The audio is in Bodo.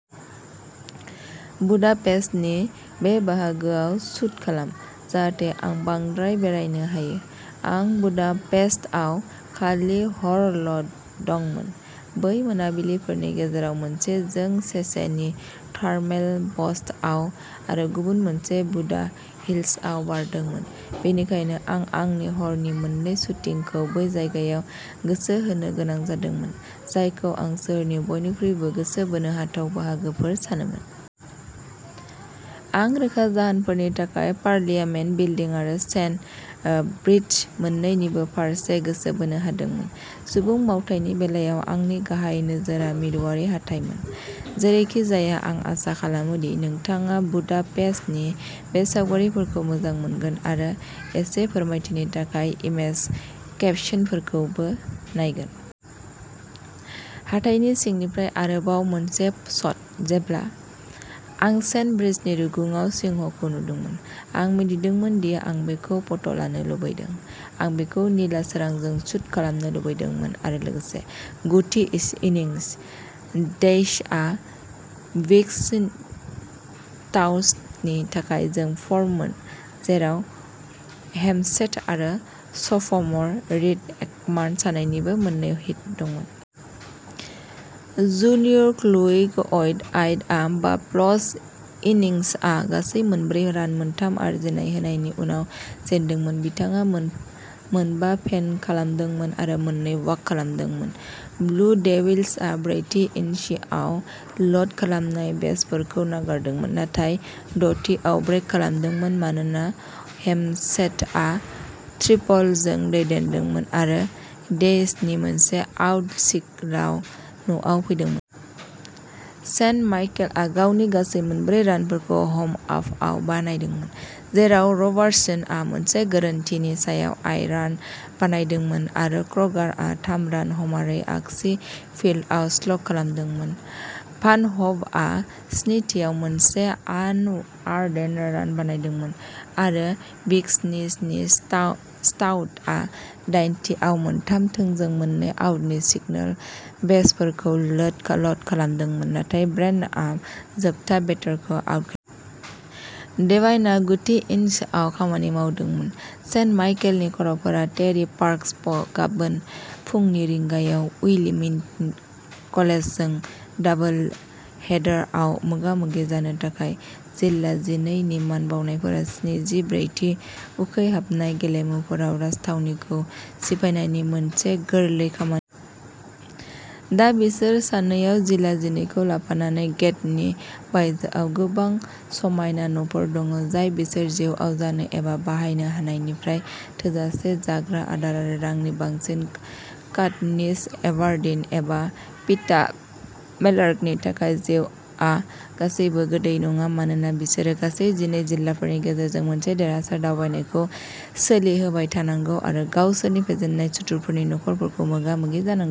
बुदापेस्टनि बे बाहागोआव शूट खालाम, जाहाथे आं बांद्राय बेरायनो हायो। आं बुदापेस्टआव खालि हरल'दंमोन। बै मोनाबिलिफोरनि गेजेराव मोनसे जों सेचेनी थार्मेल बाथ्सआव आरो गुबुन मोनसे बुदा हिल्सआव बारदोंमोन। बेनिखायनो, आं आंनि हरनि मोननै शुटिंखौ बै जायगायाव गोसो होनो गोनां जादोंमोन, जायखौ आं सोहोरनि बयनिख्रुइबो गोसो बोनो हाथाव बाहागोफोर सानोमोन। आं रोखा जाहोनफोरनि थाखाय, पार्लियामेन्ट बिल्डिं आरो चेन ब्रिज मोन्नैनिबो फारसे गोसो बोनो हादोंमोन। सुबुं मावथायनि बेलायाव, आंनि गाहाय नोजोरआ मिरुआरि हाथाइमोन। जेरैखिजाया, आं आसा खालामो दि नोंथाङा बुदापेस्टनि बे सावगारिफोरखौ मोजां मोनगोन आरो एसे फोरमायथिनि थाखाय इमेज केपशनफोरखौबो नायगोन। हाथाइनि सिंनिफ्राय आरोबाव मोनसे शट। जेब्ला आं चेन ब्रिजनि रुगुङाव सिंहखौ नुदोंमोन, आं मिथिदोंमोन दि आं बेखौ फट'लानो लुबैदों। आं बेखौ निला सोरांजों शूट खालामनो लुबैदोंमोन, आरो लोगोसे। - गुथि इनिंस। डेइसआ विस्कन्सिन-स्टाउटनि थाखाय जों -फर- मोन, जेराव हेमसेथ आरो स'फ'मर रीड एकरमान सानैनिबो मोननै हिट दंमोन। जुनियर ल्यूक आइडआ बा-प्लस इन्निंसआव गासै मोनब्रै रान-मोनथाम आरजिनाय-होनायनि उनाव जेनदोंमोन। बिथाङा मोनबा फेन खालामदोंमोन आरो मोननै वाक खालामदोंमोन। ब्लु डेविल्सआ ब्रैथि इन्निंसआव लोड खालामनाय बेसफोरखौ नागारदोंमोन नाथाय द'थिआव ब्रेक खालामदोंमोन, मानोना हेमसेथआ ट्रिपलजों दैदेनदोंमोन आरो डेइसनि मोनसे-आउट सिंगोलआव न'आव फैदोंमोन। सेन्ट माइकेलआ गावनि गासै मोनब्रै रानफोरखौ ह'म हाफआव बानायदोंमोन, जेराव रबार्टसनआ मोनसे गोरोन्थिनि सायाव टाइ रान बानायदोंमोन आरो क्र'गारआ थाम-रान ह'मारखौ आगसि फिल्दआव स्लग खालामदोंमोन। भानह'भआ स्निथिआव मोनसे आनआर्नेड रान बानायदोंमोन, आरो विस्कन्सिन-स्टाउटआ दाइनथिआव मोनथाम थोंजों मोननै-आउट सिंगोलजों बेसफोरखौ लोड खालामदोंमोन, नाथाय ब्रेननआ जोबथा बेटारखौ आउट खालामदोंमोन। डेभाइनआ गुथि इन्निंसआव - खामानि मावदोंमोन। सेन्ट माइकेलनि खर'फोरा टेरि पार्क स्प' गाबोन फुंनि रिंगायाव उइलमिंटन कलेजजों डाबोलहेडारआव मोगा-मोगि जानो थाखाय। जिल्ला जिनै नि मान बाउनायफोरा स्निजि ब्रैथि उखैहाबनाय गेलेमुफोराव राजथावनिखौ सिफायनायनि मोनसे गोरलै खामानिजों थांना थादोंमोन। दा, बिसोर सानैनाव जिल्ला जिनैखौ लाफानाय गेट्ट'नि बायजोआव गोबां समायना न'फोर दं, जाय बिसोर जिउआव जानो एबा बाहायनो हानायनिफ्राय थोजासे जाग्रा आदार आरो रांनि बांसिन। काटनिस एभारडिन एबा पीटा मेलार्कनि थाखाय जिउआ गासैबो गोदै नङा, मानोना बिसोरो गासै जिनै जिल्लाफोरनि गेजेरजों मोनसे देरहासार दावबायनायखौ सोलिहोबाय थानांगौ आरो गावसोरनि फेजेनजानाय सुथुरफोरनि नखरफोरखौ मोगा-मोगि जानांगौ।